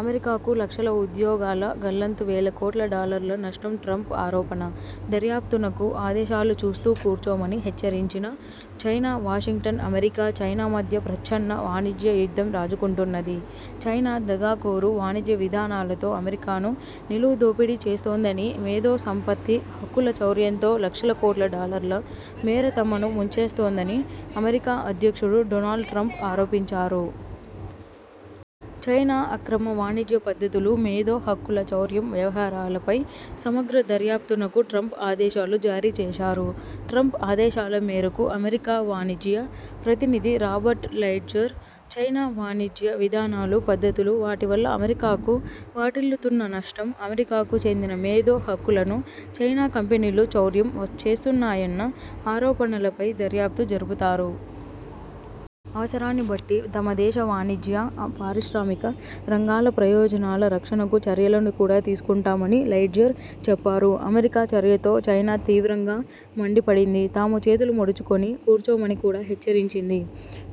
అమెరికాకు లక్షల ఉద్యోగాల గల్లంతు వేల కోట్ల డాలర్ల నష్టం ట్రంప్ ఆరోపణ.. దర్యాప్తునకు ఆదేశాలు చూస్తూ కూర్చోమని హెచ్చరించిన చైనా వాషింగ్టన్ అమెరికా, చైనా మధ్య ప్రచ్ఛన్న వాణిజ్య యుద్ధం రాజుకుంటున్నది. చైనా దగాకోరు వాణిజ్య విధానాలతో అమెరికాను నిలువు దోపిడీ చేస్తోందనీ, మేధో సంపత్తి హక్కుల చౌర్యంతో లక్షల కోట్ల డాలర్ల మేర తమను ముంచేస్తోందని అమెరికా అధ్యక్షుడు డొనాల్డ్ ట్రంప్ ఆరోపించారు. చైనా అక్రమ వాణిజ్య పద్ధతులు, మేధో హక్కుల చౌర్యం వ్యవహారాలపై సమగ్ర దర్యాప్తునకు ట్రంప్ ఆదేశాలు జారీ చేశారు. ట్రంప్ ఆదేశాల మేరకు అమెరికా వాణిజ్య ప్రతినిధి రాబర్ట్ లైట్జర్, చైనా వాణిజ్య విధానాలు, పద్ధతులు, వాటి వల్ల అమెరికాకు వాటిల్లుతున్న నష్టం, అమెరికాకు చెందిన మేధో హక్కులను చైనా కంపెనీలు చౌర్యం చేస్తున్నాయన్న ఆరోపణలపై దర్యాప్తు జరుపుతారు. అవసరాన్ని బట్టి తమ దేశ వాణిజ్య, పారిశ్రామిక రంగాల ప్రయోజనాల రక్షణకు చర్యలను కూడా తీసుకుంటామని లైట్జర్ చెప్పారు. అమెరికా చర్యతో చైనా తీవ్రంగా మండిపడింది. తాము చేతులు ముడుచుకొని కూర్చోమని కూడా హెచ్చరించింది.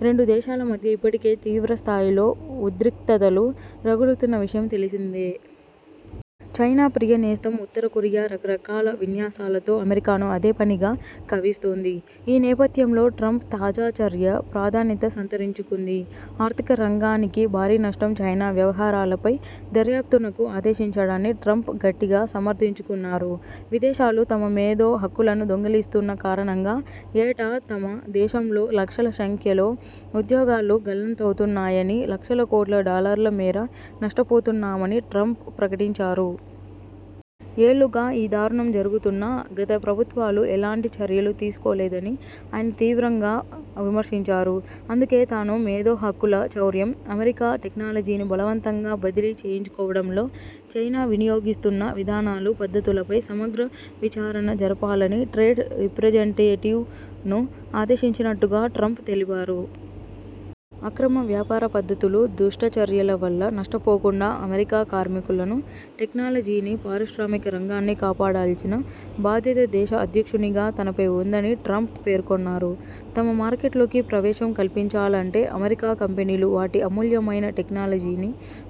రెండు దేశాల మధ్య ఇప్పటికే తీవ్ర స్థాయిలో ఉద్రిక్తతలు రగులుతున్న విషయం తెలిసిందే. చైనా ప్రియ నేస్తం ఉత్తర కొరియా రకరకాల విన్యాసాలతో అమెరికాను అదేపనిగా కవ్విస్తోంది. ఈ నేపథ్యంలో ట్రంప్ తాజా చర్య ప్రాధాన్యత సంతరించుకుంది. ఆర్థిక రంగానికి భారీ నష్టం చైనా వ్యవహారాలపై దర్యాప్తునకు ఆదేశించడాన్ని ట్రంప్ గట్టిగా సమర్ధించుకున్నారు. విదేశాలు తమ మేధో హక్కులను దొంగిలిస్తున్న కారణంగా ఏటా తమ దేశం లో లక్షల సంఖ్యలో ఉద్యోగాలు గల్లంతవుతున్నాయనీ, లక్షల కోట్ల డాలర్ల మేర నష్టపోతున్నామని ట్రంప్ ప్రకటించారు. ఏళ్లుగా ఈ దారుణం జరుగుతున్నా, గత ప్రభుత్వాలు ఏలాంటి చర్యలు తీసుకోలేదని ఆయన తీవ్రంగా విమర్శించారు. అందుకే తాను, మేధో హక్కుల చౌర్యం, అమెరికా టెక్నాలజీని బలవంతంగా బదిలీ చేయించుకోవడంలో చైనా వినియోగిస్తున్న విధానాలు, పద్ధతులపై సమగ్ర విచారణ జరపాలని ట్రేడ్ రిప్రెజంటేటివ్ ను ఆదేశించినట్టుగా ట్రంప్ తెలిపారు. అక్రమ వ్యాపార పద్ధతులు, దుష్టచర్యల వల్ల నష్టపోకుండా అమెరికా కార్మికులను, టెక్నాలజీని, పారిశ్రామిక రంగాన్ని కాపాడాల్సిన బాధ్యత దేశ అధ్యక్షునిగా తనపై ఉందని ట్రంప్ పేర్కొన్నారు. తమ మార్కెట్లోకి ప్రవేశం కల్పించాలంటే అమెరికా కంపెనీలు వాటి అమూల్యమైన టెక్నాలజీని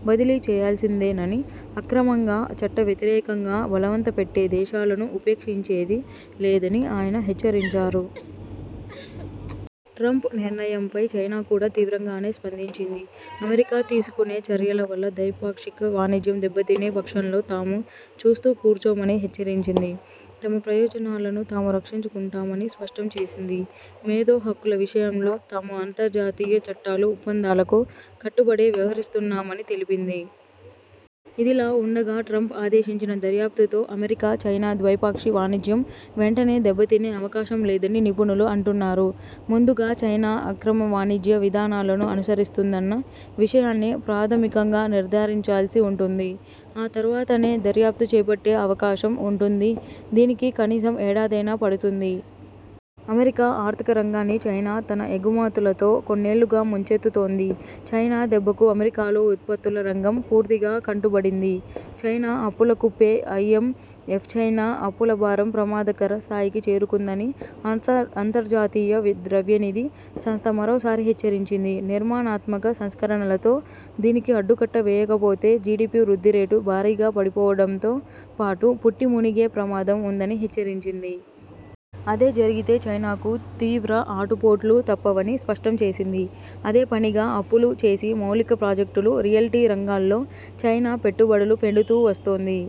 బదిలీ చేయాల్సిందేనని అక్రమంగా, చట్టవ్యతిరేకంగా బలవంత పెట్టే దేశాలను ఉపేక్షించేది లేదని ఆయన హెచ్చరించారు. ట్రంప్ నిర్ణయంపై చైనా కూడా తీవ్రంగానే స్పందించింది. అమెరికా తీసుకునే చర్యల వల్ల ద్వైపాక్షిక వాణిజ్యం దెబ్బతినే పక్షంలో తాము చూస్తూ కూర్చోమని హెచ్చరించింది. తమ ప్రయోజనాలను తాము రక్షించుకుంటామని స్పష్టం చేసింది. మేధో హక్కుల విషయంలో తాము అంతర్జాతీయ చట్టాలు, ఒప్పందాలకు కట్టుబడే వ్యవహరిస్తున్నామని తెలిపింది. ఇదిలా ఉండగా ట్రంప్ ఆదేశించిన దర్యాప్తుతో అమెరికా, చైనా ద్వైపాక్షి వాణిజ్యం వెంటనే దెబ్బతినే అవకాశం లేదని నిపుణులు అంటున్నారు. ముందుగా చైనా అక్రమ వాణిజ్య విధానాలను అనుసరిస్తుందన్న విషయాన్ని ప్రాధమికంగా నిర్ధారించాల్సి ఉంటుంది. ఆ తర్వాతనే దర్యాప్తు చేపట్టే అవకాశం ఉంటుంది. దీనికి కనీసం ఏడాదైనా పడుతుంది. అమెరికా ఆర్థిక రంగాన్ని చైనా తన ఎగుమతులతో కొన్నేళ్లుగా ముంచెత్తుతోంది. చైనా దెబ్బకు అమెరికాలో ఉత్పత్తుల రంగం పూర్తిగా కుంటుబడింది. చైనా అప్పుల కుప్పే ఐఎంఎఫ్చైనా అప్పుల భారం ప్రమాదకర స్థాయికి చేరుకుందని అంతర్జాతీయ ద్రవ్యనిధి సంస్థ మరోసారి హెచ్చరించింది. నిర్మాణాత్మక సంస్కరణలతో దీనికి అడ్డుకట్ట వేయకపోతే జిడిపి వృద్ధి రేటు భారీగా పడిపోవడంతో పాటు పుట్టి మునిగే ప్రమాదం ఉందని హెచ్చరించింది. అదే జరిగితే చైనాకు తీవ్ర ఆటుపోట్లూ తప్పవని స్పష్టం చేసింది. అదేపనిగా అప్పులు చేసి మౌలిక ప్రాజెక్టులు, రియల్టీ రంగాల్లో చైనా పెట్టుబడులు పెడుతూ వస్తోంది.